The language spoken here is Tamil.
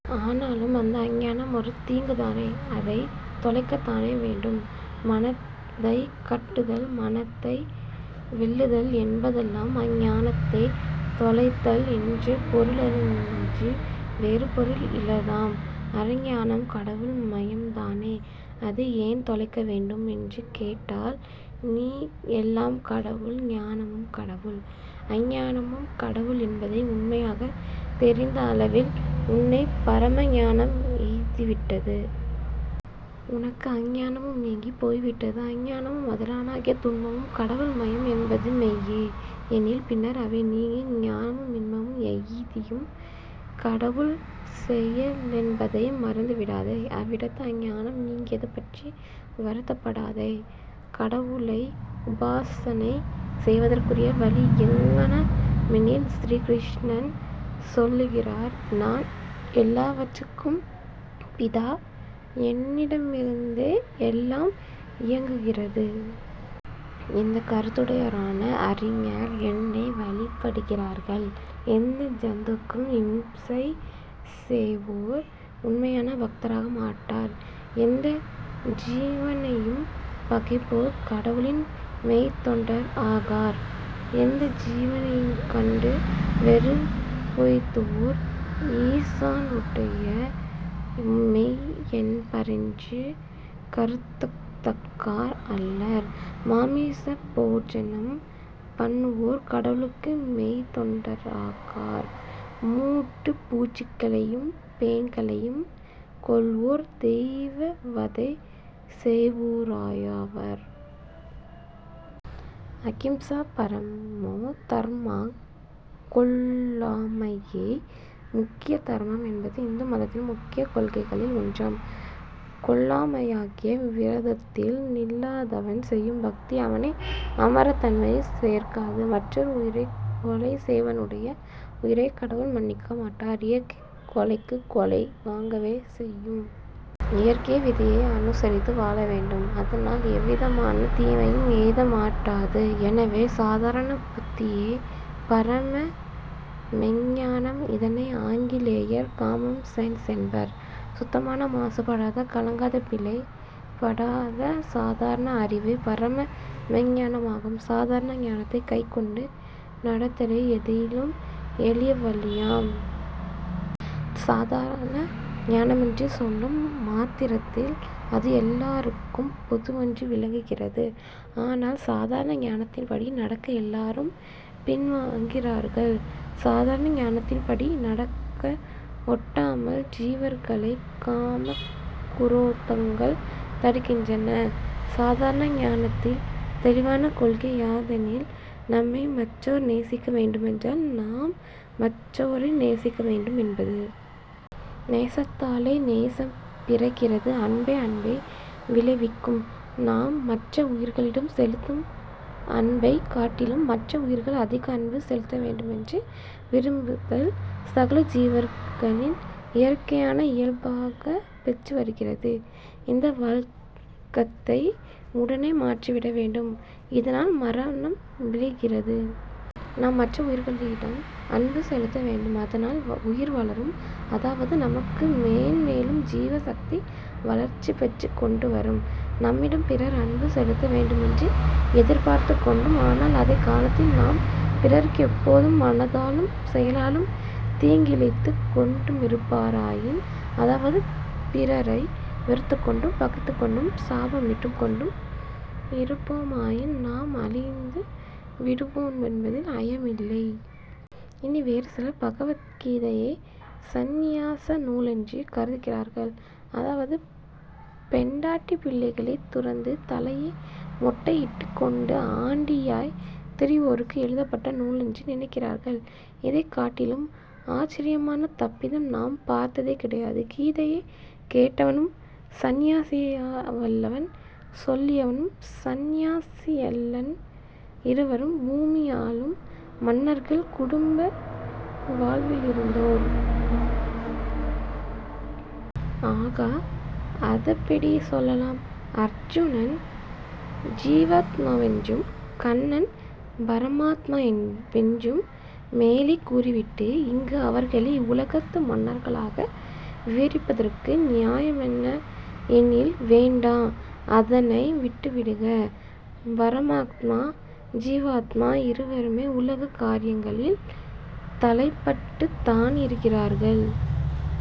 ஆனாலும், அந்த அஞ்ஞானம் ஒரு தீங்குதானே? அதைத் தொலைக்கத்தானே வேண்டும்? மனத்தைக் கட்டுதல், மனத்தை வெல்லுதல் என்பதெல்லாம் அஞ்ஞானத்தைத் தொலைத்தல் என்ற பொருளன்றி வேறு பொருள் இலதாம். அஞ்ஞானம் கடவுள் மயம்தானே? அதை ஏன் தொலைக்க வேண்டும்? என்று கேட்டால், நீ எல்லாம் கடவுள், ஞானமும் கடவுள், அஞ்ஞானமும் கடவுள் என்பதை உண்மையாகத் தெரிந்த அளவில் உன்னைப் பரம ஞானம் எய்திவிட்டது. உனக்கு அஞ்ஞானமும் நீங்கிப் போய்விட்டது. அஞ்ஞானமும் அதனாலாகிய துன்பமும் கடவுள் மயம் என்பது மெய்யே எனில் பின்னர் அவை நீங்கி, நீ ஞானமும் இன்பமும் எய்தியும் கடவுள் செயலென்பதை மறந்து விடாதே. அவ்விடத்து அஞ்ஞானம் நீங்கியது பற்றி வருத்தப் படாதே. கடவுளை உபாசனை செய்வதற்குரிய வழி எங்ஙனமெனில், ஸ்ரீ கிருஷ்ணன் சொல்லுகிறார், நான் எல்லாவற்றுக்கும் பிதா, என்னிடமிருந்தே எல்லாம் இயங்குகிறது. இந்தக் கருத்துடையோரான அறிஞர் என்னை வழிபடுகிறார்கள். எந்த ஜந்துவுக்கும் இம்சை செய்வோர் உண்மையான பக்தராக மாட்டார். எந்த ஜீவனையும் பகைப்போர் கடவுளின் மெய்த்தொண்டர் ஆகார். எந்த ஜீவனையுங் கண்டு வெறுப்பெய்துவோர் ஈசனுடைய மெய்யன்பரென்று கருதத்தக்கார் அல்லர். மாமிச போஜனம் பண்ணுவோர் கடவுளுக்கு மெய்த்தொண்டராகார். மூட்டுப் பூச்சிகளையும் பேன்களையும் கொல்வோர் தெய்வ வதை செய்வோரேயாவார். அகிம்சா பரமோ தர்மா, கொல்லாமையே முக்கிய தர்மம் என்பது இந்து மதத்தின் முக்கியக் கொள்கைகளில் ஒன்றாம். கொல்லாமையாகிய விரதத்தில் நில்லாதவன் செய்யும் பக்தி அவனை அமரத் தன்மையில் சேர்க்காது. மற்றொரு உயிரைக் கொலை செய்வோனுடைய உயிரைக் கடவுள் மன்னிக்க மாட்டார். இயற்கை கொலைக்குக் கொலை வாங்கவே செய்யும். இயற்கை விதியை அனுசரித்து வாழ வேண்டும். அதனால் எவ்விதமான தீமையும் எய்த மாட்டாது. எனவே, சாதாரண புத்தியே பரம மெய்ஞ்ஞானம். இதனை ஆங்கிலேயர் காமன் சென்ஸ் என்பர். சுத்தமான மாசு படாத, கலங்காத, பிழை படாத சாதாரண அறிவே பரம மெய்ஞ்ஞானமாகும். சாதாரண ஞானத்தைக் கைக்கொண்டு நடத்தலே எதிலும் எளிய வழியாம். சாதாரண ஞானமென்று சொல்லும் மாத்திரத்தில் அது எல்லாருக்கும் பொதுவென்று விளங்குகிறது. ஆனால் சாதாரண ஞானத்தின்படி நடக்க எல்லாரும் பின் வாங்குகிறார்கள். சாதாரண ஞானத்தின்படி நடக்கவொட்டாமல் ஜீவர்களைக் காமக் குரோதங்கள் தடுக்கின்றன. சாதாரண ஞானத்தில் தெளிவான கொள்கை யாதெனில், நம்மை மற்றோர் நேசிக்க வேண்டுமென்றால், நாம் மற்றோரை நேசிக்க வேண்டும் என்பது. நேசத்தாலே நேசம் பிறக்கிறது. அன்பே அன்பை விளைவிக்கும். நாம் மற்ற உயிர்களிடம் செலுத்தும் அன்பைக் காட்டிலும் மற்ற உயிர்கள் அதிக அன்பு செலுத்த வேண்டுமென்று விரும்புதல் சகல ஜீவர்களின் இயற்கையான இயல்பாகப் பெற்று வருகிறது. இந்த வழக்கத்தை உடனே மாற்றிவிட வேண்டும். இதனால் மரணம் விளைகிறது. நாம் மற்ற உயிர்களிடம் அன்பு செலுத்த வேண்டும். அதனால் உயிர் வளரும், அதாவது நமக்கு மேன்மேலும் ஜீவசக்தி வளர்ச்சி பெற்றுக் கொண்டு வரும். நம்மிடம் பிறர் அன்பு செலுத்த வேண்டுமென்று எதிர்பார்த்துக் கொண்டும், ஆனால் அதே காலத்தில் நாம் பிறருக்கு எப்போதும் மனத்தாலும் செயலாலும் தீங்கிழைத்துக் கொண்டுமிருப்பாராயின், அதாவது பிறரை வெறுத்துக்கொண்டும், பகைத்துக் கொண்டும், சாபமிட்டுக் கொண்டும் இருப்போமாயின் நாம் அழிந்து விடுவோமென்பதில் ஐயமில்லை. இனி, வேறு சிலர் பகவத் கீதையை சந்நியாச நூலென்று கருதுகிறார்கள். அதாவது பெண்டாட்டி பிள்ளைகளைத் துறந்து, தலையை மொட்டையிட்டுக் கொண்டு ஆண்டியாய்த் திரிவோருக்கு எழுதப்பட்ட நூலென்று நினைக்கிறார்கள். இதைக் காட்டிலும் ஆச்சரியமான தப்பிதம் நாம் பார்த்ததே கிடையாது. கீதையைக் கேட்டவனும் சந்நியாசியல்லன், சொல்லியவனும் சந்நியாசியல்லன். இருவரும் பூமியாளும் மன்னர்கள், குடும்ப வாழ்விலிருந்தோர். ஆகா! அஃதெப்படிச் சொல்லலாம்? அர்ஜுனன் ஜீவாத்மாவென்றும், கண்ணன் பரமாத்மா வென்றும் மேலே கூறிவிட்டு, இங்கு அவர்களை உலகத்து மன்னர்களாக விவரிப்பதற்கு நியாயமென்ன? எனில் வேண்டா, அதனை விட்டுவிடுக. பரமாத்மா ஜீவாத்மா இருவருமே உலக காரியங்களில் தளைப்பட்டுத் தானிருக்கிறார்கள்.